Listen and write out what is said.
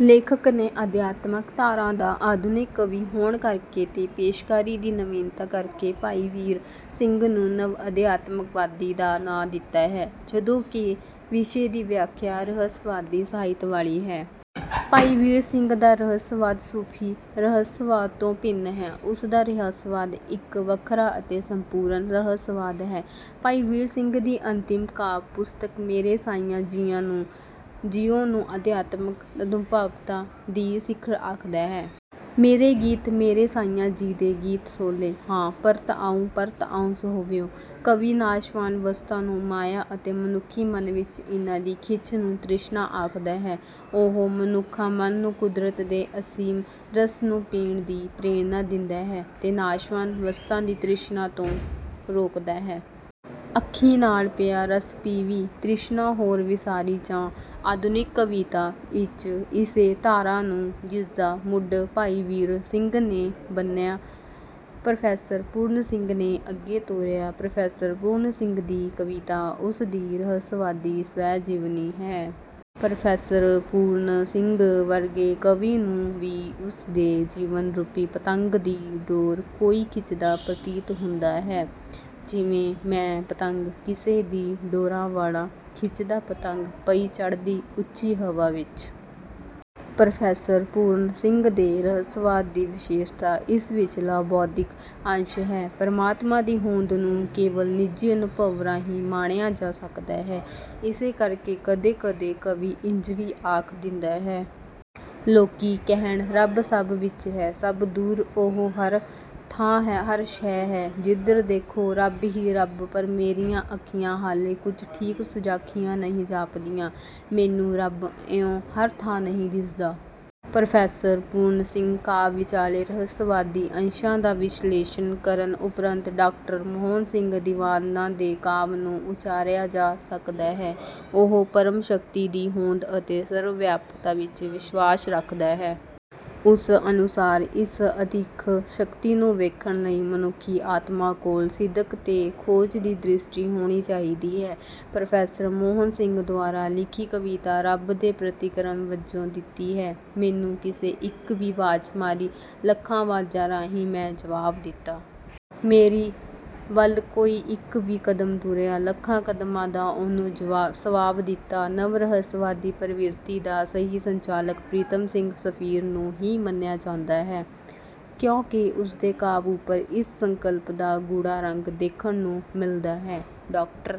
ਲੇਖਕ ਨੇ ਅਧਿਆਤਮਕ ਧਾਰਾ ਦਾ ਆਧੁਨਿਕ ਕਵੀ ਹੋਣ ਕਰ ਕੇ ਤੇ ਪੇਸ਼ਕਾਰੀ ਦੀ ਨਵੀਨਤਾ ਕਰ ਕੇ ਭਾਈ ਵੀਰ ਸਿੰਘ ਨੂੰ ਨਵ ਅਧਿਆਤਮਵਾਦੀ ਦਾ ਨਾਂ ਦਿੱਤਾ ਹੈ। ਜਦੋਂ ਕਿ ਵਿਸ਼ੇ ਦੀ ਵਿਆਖਿਆ ਰਹੱਸਵਾਦੀ ਸਾਹਿਤ ਵਾਲੀ ਹੈ। ਭਾਈ ਵੀਰ ਸਿੰਘ ਦਾ ਰਹੱਸਵਾਦ ਸੂਫੀ ਰਹੱਸਵਾਦ ਤੋਂ ਭਿੰਨ ਹੈ ਉਸ ਦਾ ਰਹੱਸਵਾਦ ਇੱਕ ਵੱਖਰਾ ਅਤੇ ਸੰਪੂਰਨ ਰਹੱਸਵਾਦ ਹੈ। ਭਾਈ ਵੀਰ ਸਿੰਘ ਦੀ ਅੰਤਿਮ ਕਾਵਿ ਪੁਸਤਕ ਮੇਰੇ ਸਾਈਆਂ ਜੀਓ ਨੂੰ ਅਧਿਆਤਮਕ ਅਨੁਭਵਤਾ ਦੀ ਸਿਖਰ ਆਖਦਾ ਹੈ। ਮੇਰੇ ਗੀਤ ਮੇਰੇ ਸਾਈਆਂ ਜੀ ਦੇ ਗੀਤ ਸੋਹਲੇ। ਹਾਂ ਪਰਤ ਆਉ ਪਰਤ ਆਉ ਸੁਹਵਿਉ। ਕਵੀ ਨਾਸ਼ਵਾਨ ਵਸਤਾਂ ਨੂੰ ਮਾਇਆ ਅਤੇ ਮਨੁੱਖੀ ਮਨ ਵਿੱਚ ਇਹਨਾਂ ਦੀ ਖਿੱਚ ਨੂੰ ਤ੍ਰਿਸ਼ਨਾ ਆਖਦਾ ਹੈ। ਉਹ ਮਨੁੱਖਾ ਮਨ ਨੂੰ ਕੁਦਰਤ ਦੇ ਅਸੀਮ ਰਸ ਨੂੰ ਪੀਣ ਦੀ ਪ੍ਰੇਰਨਾ ਦਿੰਦਾ ਹੈ ਤੇ ਨਾਸ਼ਵਾਨ ਵਸਤਾਂ ਦੀ ਤ੍ਰਿਸ਼ਨਾ ਤੋਂ ਰੋਕਦਾ ਹੈ। ਅੱਖੀਂ ਨਾਲ ਪਿਆ ਰਸ ਪੀਵੀਂ ਤ੍ਰਿਸ਼ਨਾ ਹੋਰ ਵਿਸਾਰੀ ਚਾ। ਆਧੁਨਿਕ ਕਵਿਤਾ ਵਿੱਚ ਇਸੇ ਧਾਰਾ ਨੂੰ ਜਿਸਦਾ ਮੁੱਢ ਭਾਈ ਵੀਰ ਸਿੰਘ ਨੇ ਬੰਨ੍ਹਿਆ ਪ੍ਰੋਫੈਸਰ ਪੂਰਨ ਸਿੰਘ ਨੇ ਅੱਗੇ ਤੋਰਿਆ। ਪ੍ਰੋਫੈਸਰ ਪੂਰਨ ਸਿੰਘ ਦੀ ਕਵਿਤਾ ਉਸ ਦੀ ਰਹੱਸਵਾਦੀ ਸਵੈਜੀਵਨੀ ਹੈ। ਪ੍ਰੋਫੈਸਰ ਪੂਰਨ ਸਿੰਘ ਵਰਗੇ ਕਵੀ ਨੂੰ ਵੀ ਉਸ ਦੇ ਜੀਵਨ ਰੂਪੀ ਪਤੰਗ ਦੀ ਡੋਰ ਕੋਈ ਖਿੱਚਦਾ ਪ੍ਰਤੀਤ ਹੁੰਦਾ ਹੈ ਜਿਵੇਂ। ਮੈਂ ਪਤੰਗ ਕਿਸੇ ਦੀ ਡੋਰਾਂ ਵਾਲਾ ਖਿੱਚਦਾ ਪਤੰਗ ਪਈ ਚੜ੍ਹਦੀ ਉਚੀ ਹਵਾ ਵਿਚ। ਪ੍ਰੋਫੈਸਰ ਪੂਰਨ ਸਿੰਘ ਦੇ ਰਹੱਸਵਾਦ ਦੀ ਵਿਸ਼ੇਸ਼ਤਾ ਇਸ ਵਿਚਲਾ ਬੌਧਿਕ ਅੰਸ਼ ਹੈ। ਪ੍ਰਮਾਤਮਾ ਦੀ ਹੋਂਦ ਨੂੰ ਕੇਵਲ ਨਿੱਜੀ ਅਨੁਭਵ ਰਾਹੀਂ ਮਾਣਿਆ ਜਾ ਸਕਦਾ ਹੈ। ਇਸੇ ਕਰ ਕੇ ਕਦੇ ਕਦੇ ਕਵੀ ਇੰਝ ਵੀ ਆਖ ਦਿੰਦਾ ਹੈ। ਲੋਕੀ ਕਹਿਣ ਰੱਬ ਸਭ ਵਿੱਚ ਹੈ ਸਭ ਦੂਰ ਉਹੋ ਹਰ ਥਾਂ ਹਰ ਸ਼ੈ ਹੈ ਜਿਧਰ ਦੇਖੋ ਰੱਬ ਹੀ ਰੱਬ ਪਰ ਮੇਰੀਆਂ ਅੱਖੀਆਂ ਹਾਲੇ ਕੁਝ ਠੀਕ ਸੁਜਾਖੀਆਂ ਨਹੀਂ ਜਾਪਦੀਆਂ। ਮੈਨੂੰ ਰੱਬ ਇਉਂ ਹਰ ਥਾਂ ਨਹੀਂ ਦਿਸਦਾ। ਪ੍ਰੋਫੈਸਰ ਪੂਰਨ ਸਿੰਘ ਕਾਵਿ ਵਿਚਲੇ ਰਹੱਸਵਾਦੀ ਅੰਸ਼ਾਂ ਦਾ ਵਿਸ਼ਲੇਸ਼ਣ ਕਰਨ ਉਪਰੰਤ ਡਾਕਟਰ ਮੋਹਨ ਸਿੰਘ ਦੀਵਾਨਾ ਦੇ ਕਾਵਿ ਨੂੰ ਵਿਚਾਰਿਆ ਜਾ ਸਕਦਾ ਹੈ। ਉਹ ਪਰਮ ਸ਼ਕਤੀ ਦੀ ਹੋਂਦ ਅਤੇ ਸਰਵਵਿਆਪਕਤਾ ਵਿੱਚ ਵਿਸ਼ਵਾਸ ਰੱਖਦਾ ਹੈ। ਉਸ ਅਨੁਸਾਰ ਇਸ ਅਦਿੱਖ ਸ਼ਕਤੀ ਨੂੰ ਵੇਖਣ ਲਈ ਮਨੁੱਖੀ ਆਤਮਾ ਕੋਲ ਸਿਦਕ ਤੇ ਖੋਜ ਦੀ ਦ੍ਰਿਸ਼ਟੀ ਹੋਣੀ ਚਾਹੀਦੀ ਹੈ। ਪ੍ਰੋਫੈਸਰ ਮੋਹਨ ਸਿੰਘ ਦੁਆਰਾ ਲਿਖੀ ਕਵਿਤਾ ਰੱਬ ਦੇ ਪ੍ਰਤੀਕ੍ਰਮ ਵਜੋਂ ਦਿੱਤੀ ਹੈ। ਮੈਨੂੰ ਕਿਸੇ ਇੱਕ ਵੀ ਵਾਜ ਮਾਰੀ ਲੱਖਾਂ ਵਾਜਾਂ ਰਾਹੀਂ ਮੈਂ ਜਵਾਬ ਦਿੱਤਾ। ਮੇਰੀ ਵੱਲ ਕੋਈ ਇੱਕ ਵੀ ਕਦਮ ਤੁਰਿਆ ਲੱਖਾਂ ਕਦਮਾਂ ਦਾ ਉਹਨੂੰ ਸਵਾਬ ਦਿੱਤਾ। ਨਵ ਰਹੱਸਵਾਦੀ ਪ੍ਰਵਿਰਤੀ ਦਾ ਸਹੀ ਸੰਚਾਲਕ ਪ੍ਰੀਤਮ ਸਿੰਘ ਸਫੀਰ ਨੂੰ ਹੀ ਮੰਨਿਆ ਜਾਂਦਾ ਹੈ। ਕਿਉਂਕਿ ਉਸ ਦੇ ਕਾਵਿ ਉੱਪਰ ਇਸ ਸੰਕਲਪ ਦਾ ਗੂੜਾ ਰੰਗ ਦੇਖਣ ਨੂੰ ਮਿਲਦਾ ਹੈ। ਡਾਕਟਰ